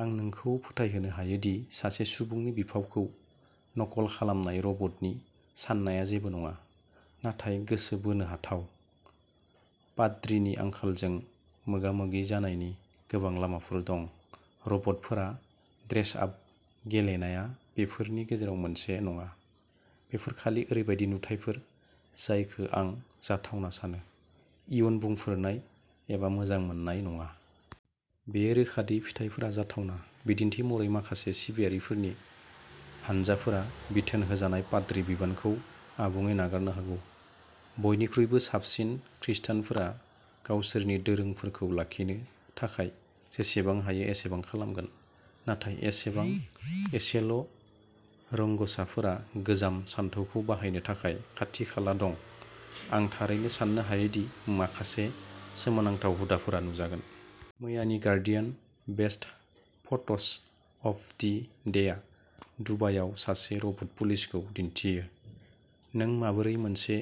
आं नोंखौ फोथायहोनो हायो दि सासे सुबुंनि बिफावखौ नकल खालामनाय रबटनि साननाया जेबो नङा, नाथाय गोसो बोनो हाथाव। पाद्रिनि आंखालजों मोगा-मोगि जानायनि गोबां लामाफोर दं। रबटफोरा ड्रेस-आप गेलेनाया बेफोरनि गेजेराव मोनसे नङा। बेफोर खालि ओरैबायदि नुथायफोर जायखौ आं जाथावना सानो, इयुन बुंफोरनाय एबा मोजां मोननाय नङा। बेयो रोखा दि गुबुन फिथायफोरा जाथावना। बिदिन्थि महरै, माखासे सिबियारिफोरनि हानजाफोरा बिथोन होजानाय पाद्रि बिबानखौ आबुङै नागारनो हागौ। बयनिख्रुइबो साबसिन खृष्टानफोरा गावसोरनि दोरोंफोरखौ लाखिनो थाखाय जेसेबां हायो एसेबां खालामगोन। नाथाय जोबोद एसेल'रोंग'सारफोरा गोजाम सानथौखौ बाहायनो थाखाय खाथि-खाला दं, आं थारैनो साननो हायो दि माखासे सोमोनांथाव हुदाफोरा नुजागोन। मैयानि guardian best photos of the day दुबायाव सासे रबट पुलिसखौ दिन्थियो। नों माबोरै मोनसे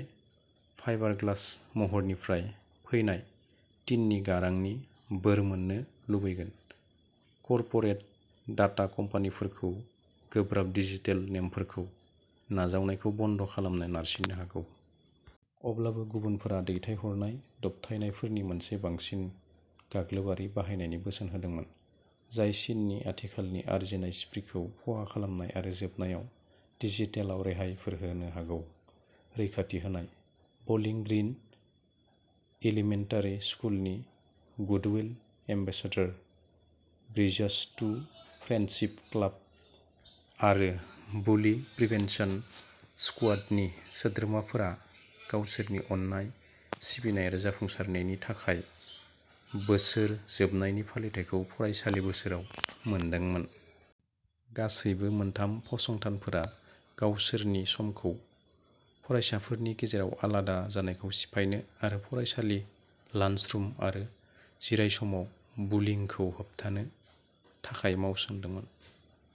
फाइबारग्लास महरनिफ्राय फैनाय टिननि गारांनि "बोर" मोन्नो लुबैगोन। कर्परेट डाटा-कम्पानिफोरखौ गोब्राब डिजिटेल नेमफोरखौ नाजावनायखौ बन्द खालामनो नारसिननो हागौ। अब्लाबो गुबुनफोरा दैथायहरनाय दबथायनायफोरनि मोनसे बांसिन गाग्लोबारि बाहायनायनि बोसोन होदोंमोन, जाय चीननि आथिखालनि आरजिनाय स्प्रीखौ खहा खालामगोन आरो जोबनायाव डिजिटेलाव रेहायफोर होनो हागौ। रैखाथि होनाय। बलिं ग्रिन इलिमेन्टारि स्कुलनि goodwill ambassador, bridges to friendship club आरो बुलि प्रिभेन्सन स्क्वाडनि सोद्रोमाफोरा गावसोरनि अननाय, सिबिनाय आरो जाफुंसारनायनि थाखाय बोसोर जोबनायनि फालिथाइखौ फरायसालि बोसोराव मोनदोंमोन। गासैबो मोनथाम फसंथानफोरा गावसोरनि समखौ फरायसाफोरनि गेजेराव आलादा जानायखौ सिफायनो आरो फरायसालि, लान्सरुम आरो जिरायसमाव बुलिंखौ होबथानो थाखाय मावसोमदोंमोन।